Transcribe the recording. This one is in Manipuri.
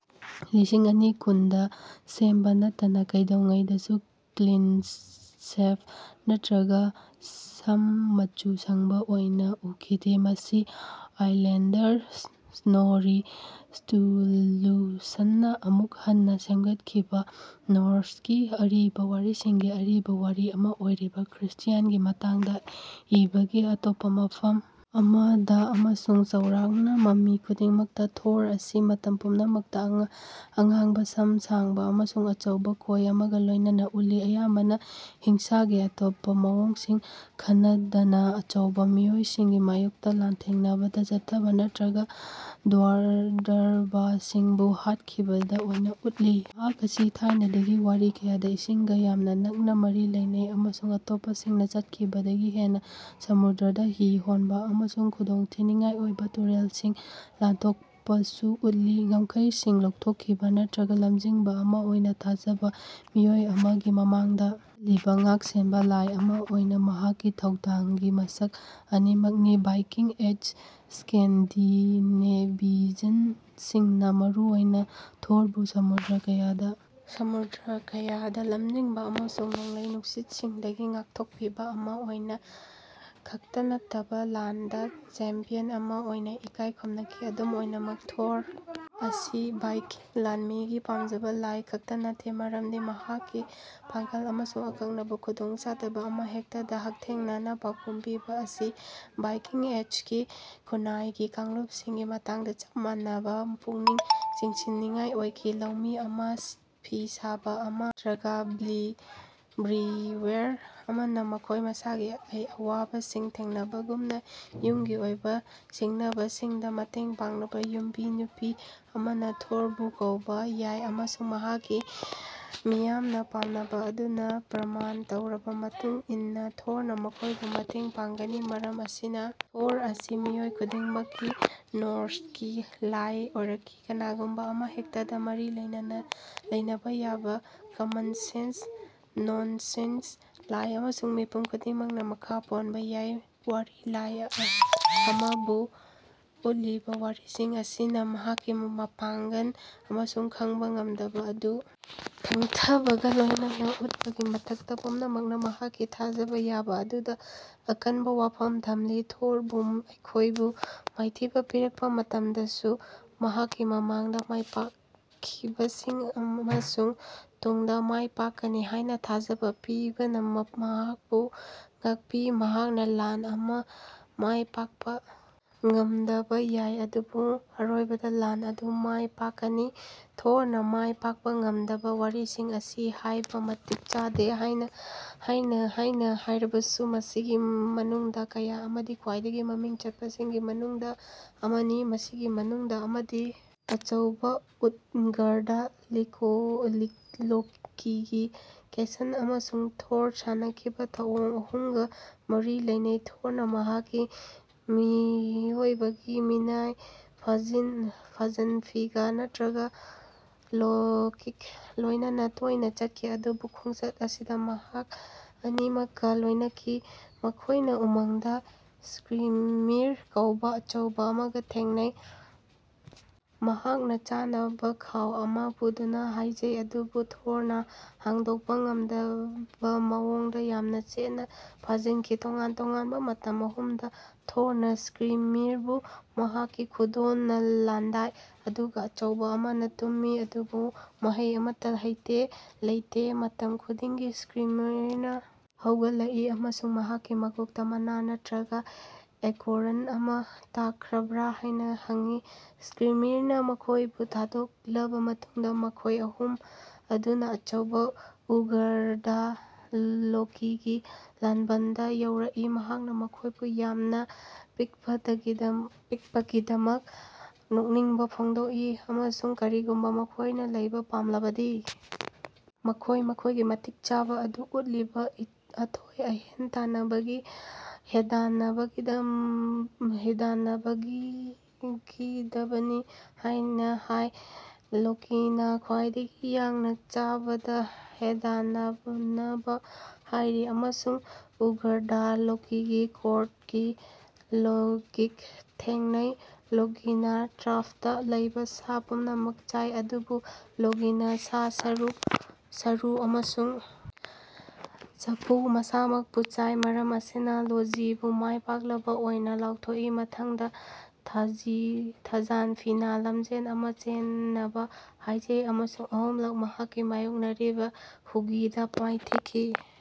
ꯂꯤꯁꯤꯡ ꯑꯅꯤ ꯀꯨꯟ ꯗ ꯁꯦꯝꯕ ꯅꯠꯇꯅ ꯀꯩꯗꯧꯉꯩꯗꯁꯨ ꯀ꯭ꯂꯤꯟ-ꯁꯦꯚ ꯅꯠꯇ꯭ꯔꯒ ꯁꯝ ꯃꯆꯨ ꯁꯪꯕ ꯑꯣꯏꯅ ꯎꯠꯈꯤꯗꯦ, ꯃꯁꯤ ꯑꯥꯏꯁꯂꯦꯟꯗꯔ ꯁ꯭ꯅꯣꯔꯤ ꯁ꯭ꯇꯨꯔꯂꯨꯁꯟꯅ ꯑꯃꯨꯛ ꯍꯟꯅ ꯁꯦꯝꯒꯠꯈꯤꯕ ꯅꯣꯔ꯭ꯁꯀꯤ ꯑꯔꯤꯕ ꯋꯥꯔꯤꯁꯤꯡꯒꯤ ꯑꯔꯤꯕ ꯋꯥꯔꯤ ꯑꯃ ꯑꯣꯏꯔꯤꯕ, ꯈ꯭ꯔꯤꯁꯇ꯭ꯌꯥꯟꯒꯤ ꯃꯇꯥꯡꯗ ꯏꯕꯅꯤ꯫ ꯑꯇꯣꯞꯄ ꯃꯐꯝ ꯑꯃꯗ, ꯑꯃꯁꯨꯡ ꯆꯥꯎꯔꯥꯛꯅ ꯃꯃꯤ ꯈꯨꯗꯤꯡꯃꯛꯇ, ꯊꯣꯔ ꯑꯁꯤ ꯃꯇꯝ ꯄꯨꯝꯅꯃꯛꯇ ꯑꯉꯥꯡꯕ ꯁꯝ ꯁꯥꯡꯕ ꯑꯃꯁꯨꯡ ꯑꯆꯧꯕ ꯀꯣꯏ ꯑꯃꯒ ꯂꯣꯏꯅꯅ ꯎꯠꯂꯤ, ꯑꯌꯥꯝꯕꯅ ꯍꯤꯡꯁꯥꯒꯤ ꯑꯇꯣꯞꯄ ꯃꯑꯣꯡꯁꯤꯡ ꯈꯟꯅꯗꯅ ꯑꯆꯧꯕ ꯃꯤꯑꯣꯏꯁꯤꯡꯒꯤ ꯃꯥꯌꯣꯛꯇ ꯂꯥꯟꯊꯦꯡꯅꯕꯗ ꯆꯣꯡꯊꯕ ꯅꯠꯇ꯭ꯔꯒ ꯗ꯭ꯋꯥꯔꯕꯁꯤꯡꯕꯨ ꯍꯥꯠꯈꯤꯗꯕ ꯑꯣꯏꯅ ꯎꯠꯂꯤ꯫ ꯃꯍꯥꯛ ꯑꯁꯤ ꯊꯥꯏꯅꯒꯤ ꯋꯥꯔꯤ ꯀꯌꯥꯗ ꯏꯁꯤꯡꯒ ꯌꯥꯝꯅ ꯅꯛꯅ ꯃꯔꯤ ꯂꯩꯅꯩ ꯑꯃꯁꯨꯡ ꯑꯇꯣꯞꯄꯁꯤꯡꯅ ꯆꯠꯈꯤꯕꯗꯒꯤ ꯍꯦꯟꯅ ꯁꯃꯨꯗ꯭ꯔꯗ ꯍꯤ ꯍꯣꯟꯕ ꯑꯃꯁꯨꯡ ꯈꯨꯗꯣꯡꯊꯤꯅꯤꯡꯉꯥꯏ ꯑꯣꯏꯕ ꯇꯨꯔꯦꯜꯁꯤꯡ ꯂꯥꯟꯊꯣꯛꯄꯁꯨ ꯎꯠꯂꯤ ꯉꯝꯈꯩꯁꯤꯡ ꯂꯧꯊꯣꯛꯈꯤꯕ ꯅꯠꯇ꯭ꯔꯒ ꯂꯝꯖꯤꯡꯕ ꯑꯃ ꯑꯣꯏꯅ ꯊꯥꯖꯕ ꯃꯤꯑꯣꯏ ꯑꯃꯒꯤ ꯃꯃꯥꯡꯗ ꯆꯠꯂꯤꯕ ꯉꯥꯛꯁꯦꯟꯕ ꯂꯥꯏ ꯑꯃ ꯑꯣꯏꯅ ꯃꯍꯥꯛꯀꯤ ꯊꯧꯗꯥꯡꯒꯤ ꯃꯁꯛ ꯑꯅꯤꯃꯛꯅꯤ꯫ ꯚꯥꯏꯀꯤꯡ ꯑꯦꯖ ꯁ꯭ꯀꯦꯟꯗꯤꯅꯦꯚꯤꯌꯟꯁꯤꯡꯅ ꯃꯔꯨꯑꯣꯏꯅ ꯊꯣꯔꯕꯨ ꯁꯃꯨꯗ꯭ꯔ ꯀꯌꯥꯗ ꯂꯝꯖꯤꯡꯕ ꯑꯃꯁꯨꯡ ꯅꯣꯡꯂꯩ-ꯅꯨꯡꯁꯤꯠꯁꯤꯡꯗꯒꯤ ꯉꯥꯛꯊꯣꯛꯄꯤꯕ ꯑꯃ ꯑꯣꯏꯅ ꯈꯛꯇ ꯅꯠꯇꯅ ꯂꯥꯟꯗ ꯆꯦꯝꯄ꯭ꯌꯟ ꯑꯃꯥ ꯑꯣꯏꯅ ꯏꯀꯥꯏ ꯈꯨꯝꯅꯈꯤ꯫ ꯑꯗꯨꯝ ꯑꯣꯏꯅꯃꯛ, ꯊꯣꯔ ꯑꯁꯤ ꯚꯥꯏꯀꯤꯡ ꯂꯥꯟꯃꯤꯒꯤ ꯄꯥꯝꯖꯕ ꯂꯥꯏ ꯈꯛꯇ ꯅꯠꯇꯦ, ꯃꯔꯝꯗꯤ ꯃꯍꯥꯛꯀꯤ ꯄꯥꯡꯒꯜ ꯑꯃꯁꯨꯡ ꯑꯀꯛꯅꯕ ꯈꯨꯗꯣꯡꯆꯥꯗꯕ ꯑꯃꯍꯦꯛꯇꯗ ꯍꯛꯊꯦꯡꯅꯅ ꯄꯥꯎꯈꯨꯝ ꯄꯤꯕ ꯑꯁꯤ ꯚꯥꯏꯀꯤꯡ ꯑꯦꯖꯀꯤ ꯈꯨꯟꯅꯥꯏꯒꯤ ꯀꯥꯡꯂꯨꯞꯁꯤꯡꯒꯤ ꯃꯇꯥꯡꯗ ꯆꯞ ꯃꯥꯟꯅꯅ ꯄꯨꯛꯅꯤꯡ ꯆꯤꯡꯁꯤꯟꯅꯤꯡꯉꯥꯏ ꯑꯣꯏꯈꯤ꯫ ꯂꯧꯃꯤ ꯑꯃ, ꯐꯤ ꯁꯥꯕ ꯑꯃ ꯅꯠꯇ꯭ꯔꯒ ꯕ꯭ꯔꯤꯋꯦꯔ ꯑꯃꯅ ꯃꯈꯣꯏ ꯃꯁꯥꯒꯤ ꯑꯋꯥꯕꯁꯤꯡ ꯊꯦꯡꯅꯕꯒꯨꯝꯅ ꯌꯨꯝꯒꯤ ꯑꯣꯏꯕ ꯁꯤꯡꯅꯕꯁꯤꯡꯗ ꯃꯇꯦꯡ ꯄꯥꯡꯅꯕ ꯌꯨꯝꯕꯤ ꯅꯨꯄꯤ ꯑꯃꯅ ꯊꯣꯔꯕꯨ ꯀꯧꯕ ꯌꯥꯏ ꯑꯃꯁꯨꯡ ꯃꯍꯥꯛꯀꯤ ꯃꯤꯌꯥꯝꯅ ꯄꯥꯝꯅꯕ ꯑꯗꯨꯅ ꯄ꯭ꯔꯃꯥꯟ ꯇꯧꯔꯕ ꯃꯇꯨꯡ ꯏꯟꯅ, ꯊꯣꯔꯅ ꯃꯈꯣꯏꯕꯨ ꯃꯇꯦꯡ ꯄꯥꯡꯒꯅꯤ꯫ ꯃꯔꯝ ꯑꯁꯤꯅ ꯊꯣꯔ ꯑꯁꯤ ꯃꯤꯑꯣꯏ ꯈꯨꯗꯤꯡꯃꯛꯀꯤ ꯅꯣꯔ꯭ꯁꯀꯤ ꯂꯥꯏ ꯑꯣꯏꯔꯛꯈꯤ꯫ ꯀꯅꯥꯒꯨꯝꯕ ꯑꯃꯍꯦꯛꯇꯒ ꯃꯔꯤ ꯂꯩꯅꯕ ꯌꯥꯕ ꯀꯃꯟ-ꯁꯦꯟꯁ, ꯅꯣꯟ-ꯅꯣꯟꯁ ꯂꯥꯏ ꯑꯃꯁꯨꯡ ꯃꯤꯄꯨꯝ ꯈꯨꯗꯤꯡꯃꯛꯅ ꯃꯈꯥ ꯄꯣꯟꯕ ꯌꯥꯏ꯫ ꯋꯥꯔꯤ ꯂꯥꯏ ꯑꯗꯨꯕꯨ ꯎꯠꯂꯤꯕ ꯋꯥꯔꯤꯁꯤꯡ ꯑꯁꯤꯅ, ꯃꯍꯥꯛꯀꯤ ꯃꯄꯥꯡꯒꯜ ꯑꯃꯁꯨꯡ ꯈꯥꯡꯕ ꯉꯝꯗꯕ ꯑꯗꯨ ꯊꯦꯡꯊꯕꯒ ꯂꯣꯏꯅꯅ ꯎꯠꯄꯒꯤ ꯃꯊꯛꯇ, ꯄꯨꯝꯅꯃꯛꯅ ꯃꯍꯥꯛꯀꯤ ꯊꯥꯖꯕ ꯌꯥꯕ ꯑꯗꯨꯗ ꯑꯀꯟꯕ ꯋꯥꯐꯝ ꯊꯝꯂꯤ꯫ ꯊꯣꯔꯕꯨ ꯑꯩꯈꯣꯏꯕꯨ ꯃꯥꯏꯊꯤꯕ ꯄꯤꯔꯛꯄ ꯃꯇꯝꯗꯁꯨ, ꯃꯍꯥꯛꯀꯤ ꯃꯃꯥꯡꯗ ꯃꯥꯏꯄꯥꯛꯈꯤꯕꯁꯤꯡ ꯑꯃꯁꯨꯡ ꯇꯨꯡꯗ ꯃꯥꯏꯄꯥꯛꯀꯅꯤ ꯍꯥꯏꯅ ꯊꯥꯖꯕ ꯄꯤꯕꯅ ꯃꯍꯥꯛꯄꯨ ꯉꯥꯛꯄꯤ; ꯃꯍꯥꯛꯅ ꯂꯥꯟ ꯑꯃ ꯃꯥꯏ ꯄꯥꯛꯄ ꯉꯝꯗꯕ ꯌꯥꯏ ꯑꯗꯨꯕꯨ ꯑꯔꯣꯏꯕꯗ ꯂꯥꯟ ꯑꯗꯨ ꯃꯥꯏ ꯄꯥꯛꯀꯅꯤ꯫ ꯊꯣꯔꯅ ꯃꯥꯏ ꯄꯥꯛꯄ ꯉꯝꯗꯕ ꯋꯥꯔꯤꯁꯤꯡ ꯑꯁꯤ ꯍꯥꯏꯕ ꯃꯇꯤꯛ ꯆꯥꯗꯦ ꯍꯥꯏꯅ ꯍꯥꯏꯅ ꯍꯥꯏꯅ ꯍꯥꯏꯔꯕꯁꯨ, ꯃꯁꯤꯒꯤ ꯃꯅꯨꯡꯗ ꯀꯌꯥ ꯑꯃꯗꯤ ꯈ꯭ꯋꯥꯏꯗꯒꯤ ꯃꯃꯤꯡ ꯆꯠꯄꯁꯤꯡꯒꯤ ꯃꯅꯨꯡꯗ ꯑꯃꯅꯤ꯫ ꯃꯁꯤꯒꯤ ꯃꯅꯨꯡꯗ ꯑꯃꯗꯤ ꯑꯆꯧꯕ ꯎꯠꯒꯔꯗꯥ-ꯂꯣꯀꯤꯒꯤ ꯀꯦꯁꯜ ꯑꯃꯁꯨꯡ ꯊꯣꯔꯗ ꯁꯥꯟꯅꯈꯤꯕ ꯊꯧꯑꯣꯡ ꯑꯍꯨꯝꯒ ꯃꯔꯤ ꯂꯩꯅꯩ꯫ ꯊꯣꯔꯅ ꯃꯍꯥꯛꯀꯤ ꯃꯤꯑꯣꯏꯕꯒꯤ ꯃꯤꯅꯥꯏ ꯊꯖꯜꯐꯤꯒ ꯅꯠꯇ꯭ꯔꯒ ꯂꯣꯀꯤꯒ ꯂꯣꯏꯅꯅ ꯇꯣꯏꯅ ꯆꯠꯈꯤ ꯑꯗꯨꯕꯨ ꯈꯣꯡꯆꯠ ꯑꯁꯤꯗ ꯃꯍꯥꯛ ꯑꯅꯤꯃꯛꯀ ꯂꯣꯏꯅꯈꯤ꯫ ꯃꯈꯣꯏꯅ ꯎꯃꯪꯗ ꯁ꯭ꯀ꯭ꯔꯤꯃꯤꯔ ꯀꯧꯕ ꯑꯆꯧꯕ ꯑꯃꯒ ꯊꯦꯡꯅꯩ, ꯃꯍꯥꯛꯅ ꯆꯥꯅꯕ ꯈꯥꯎ ꯑꯗꯨ ꯄꯨꯅꯕ ꯍꯥꯏꯖꯩ ꯑꯗꯨꯕꯨ ꯊꯣꯔꯅ ꯍꯥꯡꯗꯣꯛꯄ ꯉꯝꯗꯕ ꯃꯑꯣꯡꯗ ꯌꯥꯝꯅ ꯆꯦꯠꯅ ꯐꯥꯖꯤꯜꯂꯤ꯫ ꯇꯣꯉꯥꯟ-ꯇꯣꯉꯥꯟꯕ ꯃꯇꯝ ꯑꯍꯨꯝꯗ ꯊꯣꯔꯅ ꯁ꯭ꯀ꯭ꯔꯤꯃꯤꯔꯕꯨ ꯃꯍꯥꯛꯀꯤ ꯈꯨꯗꯣꯜꯅ ꯂꯥꯟꯗꯥꯏ ꯑꯗꯨꯒ ꯑꯆꯧꯕ ꯑꯗꯨꯅ ꯇꯨꯝꯃꯤ ꯑꯗꯨꯕꯨ ꯃꯍꯩ ꯑꯃꯠꯇ ꯍꯩꯇꯦ ꯂꯩꯇꯦ; ꯃꯇꯝ ꯈꯨꯗꯤꯡꯒꯤ ꯁ꯭ꯀ꯭ꯔꯤꯃꯤꯔꯅ ꯍꯧꯒꯠꯂꯛꯏ ꯑꯃꯁꯨꯡ ꯃꯍꯥꯛꯀꯤ ꯃꯀꯣꯛꯇ ꯃꯅꯥ ꯅꯠꯇ꯭ꯔꯒ ꯑꯦꯀꯣꯔ꯭ꯟ ꯑꯃ ꯇꯥꯈ꯭ꯔꯕ꯭ꯔꯥ ꯍꯥꯏꯅ ꯍꯪꯏ꯫ ꯁ꯭ꯀ꯭ꯔꯤꯃꯤꯔꯅ ꯃꯈꯣꯏꯕꯨ ꯊꯥꯗꯣꯛꯂꯕ ꯃꯇꯨꯡꯗ, ꯃꯈꯣꯏ ꯑꯍꯨꯝ ꯑꯗꯨꯅ ꯑꯆꯧꯕ ꯎꯠꯒꯔꯗꯥ-ꯂꯣꯀꯤꯒꯤ ꯂꯥꯟꯕꯟꯗ ꯌꯧꯔꯛꯏ, ꯃꯍꯥꯛꯅ ꯃꯈꯣꯏꯕꯨ ꯌꯥꯝꯅ ꯄꯤꯛꯄꯒꯤꯗꯃꯛ ꯅꯣꯛꯅꯤꯡꯕ ꯐꯣꯡꯗꯣꯛꯏ ꯑꯃꯁꯨꯡ ꯀꯔꯤꯒꯨꯝꯕ ꯃꯈꯣꯏꯅ ꯂꯩꯕ ꯄꯥꯝꯂꯕꯗꯤ, ꯃꯈꯣꯏ ꯃꯈꯣꯏꯒꯤ ꯃꯇꯤꯛ ꯆꯥꯕ ꯑꯗꯨ ꯎꯠꯂꯤꯕ ꯑꯊꯣꯏ-ꯑꯍꯦꯟ ꯇꯥꯟꯅꯕꯁꯤꯡꯗ ꯍꯦꯟꯗꯥꯟꯅꯒꯗꯕꯅꯤ ꯍꯥꯏꯅ ꯍꯥꯏ꯫ ꯂꯣꯀꯤꯅ ꯈ꯭ꯋꯥꯏꯗꯒꯤ ꯌꯥꯡꯅ ꯆꯥꯕꯗ ꯍꯦꯟꯗꯥꯟꯅꯅꯕ ꯍꯥꯏꯔꯤ ꯑꯃꯁꯨꯡ ꯎꯠꯒꯔꯗꯥ-ꯂꯣꯀꯤꯒꯤ ꯀꯣꯔꯠꯀꯤ ꯂꯣꯒꯤꯒ ꯊꯦꯡꯅꯩ꯫ ꯂꯣꯀꯤꯅ ꯇ꯭ꯔꯐꯇ ꯂꯩꯕ ꯁꯥ ꯄꯨꯝꯅꯃꯛ ꯆꯥꯏ ꯑꯗꯨꯕꯨ ꯂꯣꯒꯤꯅ ꯁꯥ, ꯁꯔꯨ ꯑꯃꯁꯨꯡ ꯆꯐꯨ ꯃꯁꯥꯃꯛꯄꯨ ꯆꯥꯏ; ꯃꯔꯝ ꯑꯁꯤꯅ ꯂꯣꯖꯤꯕꯨ ꯃꯥꯏꯄꯥꯛꯂꯕ ꯑꯣꯏꯅ ꯂꯥꯎꯊꯣꯛꯏ꯫ ꯃꯊꯪꯗ, ꯊꯖꯥꯜꯐꯤꯅ ꯂꯝꯖꯦꯜ ꯑꯃ ꯆꯦꯟꯅꯕ ꯍꯥꯏꯖꯩ ꯑꯃꯁꯨꯡ ꯑꯍꯨꯝꯂꯛ ꯃꯍꯥꯛꯀꯤ ꯃꯥꯌꯣꯛꯅꯔꯤꯕ ꯍꯨꯒꯤꯗ ꯃꯥꯏꯊꯤꯈꯤ꯫